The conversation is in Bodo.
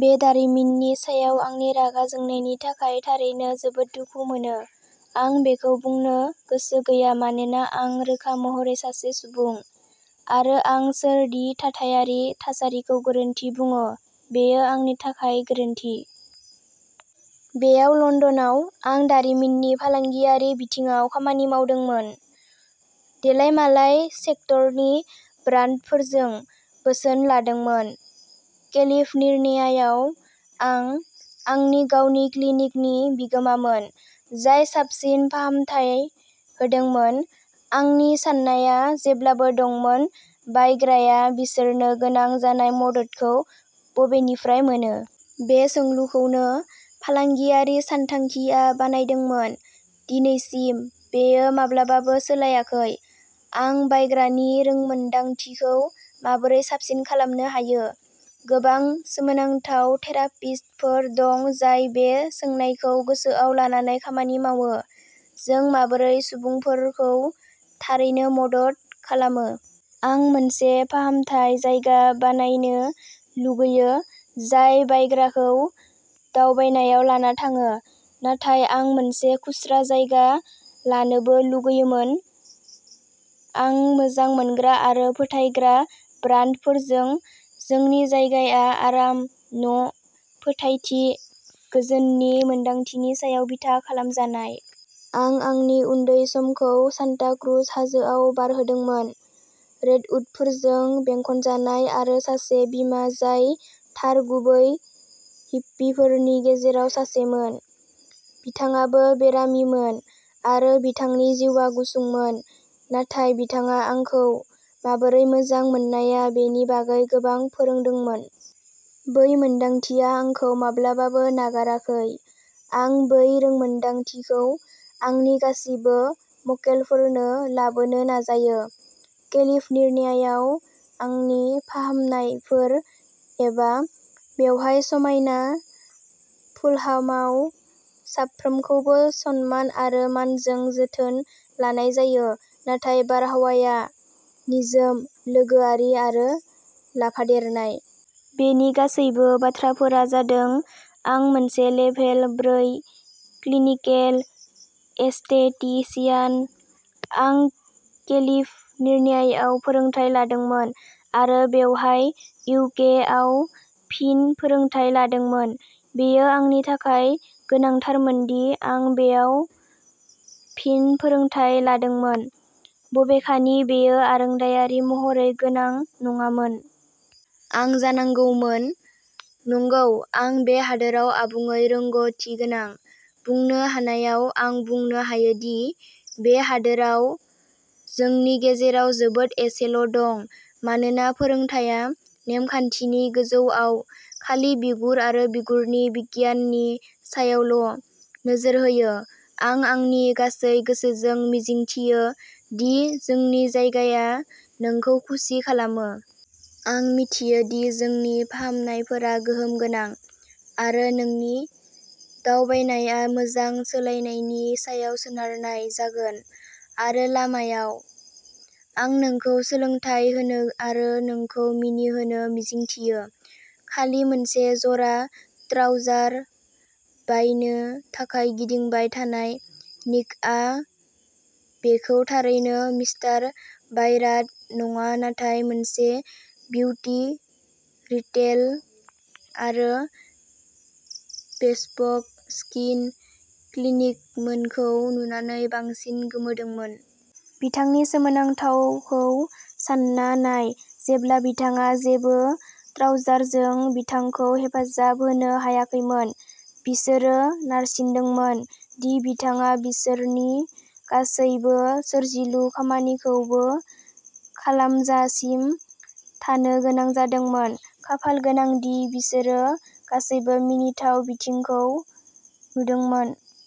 बे दारिमिननि सायाव आंनि रागा जोंनायनि थाखाय थारैनो जोबोद दुखु मोनो। आं बेखौ बुंनो गोसो गैया मानोना आं रोखा महरै सासे सुबुं, आरो आं सोर दि थाथायारि थासारिखौ गोरोन्थि बुङो? बेयो आंनि थाखाय गोरोन्थि। बेयाव लन्दनाव, आं दारिमिननि फालांगियारि बिथिङाव खामानि मावदोंमोन, देलायमालाय सेक्टरनि ब्रान्डफोरजों बोसोन लादोंमोन। केलिफर्नियायाव, आं आंनि गावनि क्लिनिकनि बिगोमामोन, जाय साबसिन फाहामथाय होदोंमोन। आंनि साननाया जेब्लाबो दंमोन, बायग्राया बिसोरनो गोनां जानाय मददखौ बबेनिफ्राय मोनो? बे सोंलुखौनो फालांगियारि सानथांखिआ बानायदोंमोन। दिनैसिम, बेयो माब्लाबाबो सोलायाखै। आं बायग्रानि रोंमोनदांथिखौ माबोरै साबसिन खालामनो हायो? गोबां सोमोनांथाव थेरापिस्टफोर दं, जाय बे सोंनायखौ गोसोआव लानानै खामानि मावो। जों माबोरै सुबुंफोरखौ थारैनो मदद खालामो। आं मोनसे फाहामथाय जायगा बानायनो लुगैयो जाय बायग्राखौ दावबायनायाव लाना थाङो, नाथाय आं मोनसे खुस्रा जायगा लानोबो लुगैयोमोन। आं मोजां मोनग्रा आरो फोथायग्रा ब्रान्डफोरजों। जोंनि जायगाया आराम, न', फोथायथि, गोजोननि मोन्दांथिनि सायाव बिथा खालामजानाय। आं आंनि उन्दै समखौ सान्टा क्रुज हाजोआव बारहोदोंमोन, रेडवुडफोरजों बेंखनजानाय आरो सासे बिमा जाय थार गुबै हिप्पिफोरनि गेजेराव सासेमोन। बिथाङाबो बेरामिमोन, आरो बिथांनि जिउआ गुसुंमोन, नाथाय बिथाङा आंखौ माबोरै मोजां मोननाया बेनि बागै गोबां फोरोंदोंमोन। बै मोन्दांथिया आंखौ माब्लाबाबो नागाराखै। आं बै रोंमोनदांथिखौ आंनि गासिबो मक्केलफोरनो लाबोनो नाजायो, केलिफर्नियायाव आंनि फाहामनायफोर, एबा बेवहाय समायना फुलहामाव। साफ्रोमखौबो सनमान आरो मानजों जोथोन लानाय जायो, नाथाय बारहावाया निजोम, लोगोआरि, आरो लाफादेरनाय। बेनि गासैबो बाथ्राफोरा जादों आं मोनसे लेभेल ब्रै क्लिनिकेल एस्थेटिसियान। आं केलिफर्नियायाव फोरोंथाय लादोंमोन, आरो बेवहाय इउ. के. आव फिन फोरोंथाय लादोंमोन। बेयो आंनि थाखाय गोनांथारमोनदि आं बेयाव फिन फोरोंथाय लादोंमोन, बबेखानि बेयो आरोंदायारि महरै गोनां नङामोन। आं जानांगौमोन। "नंगौ, आं बे हादोराव आबुङै रोंग'थिगोनां।" बुंनो हानायाव आं बुंनो हायोदि बे हादोराव जोंनि गेजेराव जोबोद एसेल' दं, मानोना फोरोंथाया नेमखान्थिनि गोजौआव, खालि बिगुर आरो बिगुरनि बिगियाननि सायावल' नोजोर होयो। आं आंनि गासै गोसोजों मिजिंथियो, दि जोंनि जायगाया नोंखौ खुसि खालामो। आं मिथियो दि जोंनि फाहामनायफोरा गोहोम गोनां, आरो नोंनि दावबायनाया मोजां सोलायनायनि सायाव सोनारनाय जागोन, आरो लामायाव, आं नोंखौ सोलोंथाय होनो आरो नोंखौ मिनिहोनो मिजिंथियो। खालि मोनसे जरा ट्राउजार बायनो थाखाय गिदिंबाय थानाय, निकआ बेखौ थारैनो मिस्टार बायराइट नङा नाथाय मोनसे बिउटि रिटेल आरो बेस्पक स्किन क्लिनिकमोनखौ नुनानै बांसिन गोमोदोंमोन। बिथांनि सोमोनांथावखौ सानना नाय जेब्ला बिथाङा जेबो ट्राउजारजों बिथांखौ हेफाजाब होनो हायाखैमोन, बिसोरो नारसिनदोंमोन दि बिथाङा बिसोरनि गासैबो सोरजिलु खामानिखौबो खालामजासिम थानो गोनां जादोंमोन। खाफाल गोनां दि बिसोरो गासैबो मिनिथाव बिथिंखौ नुदोंमोन।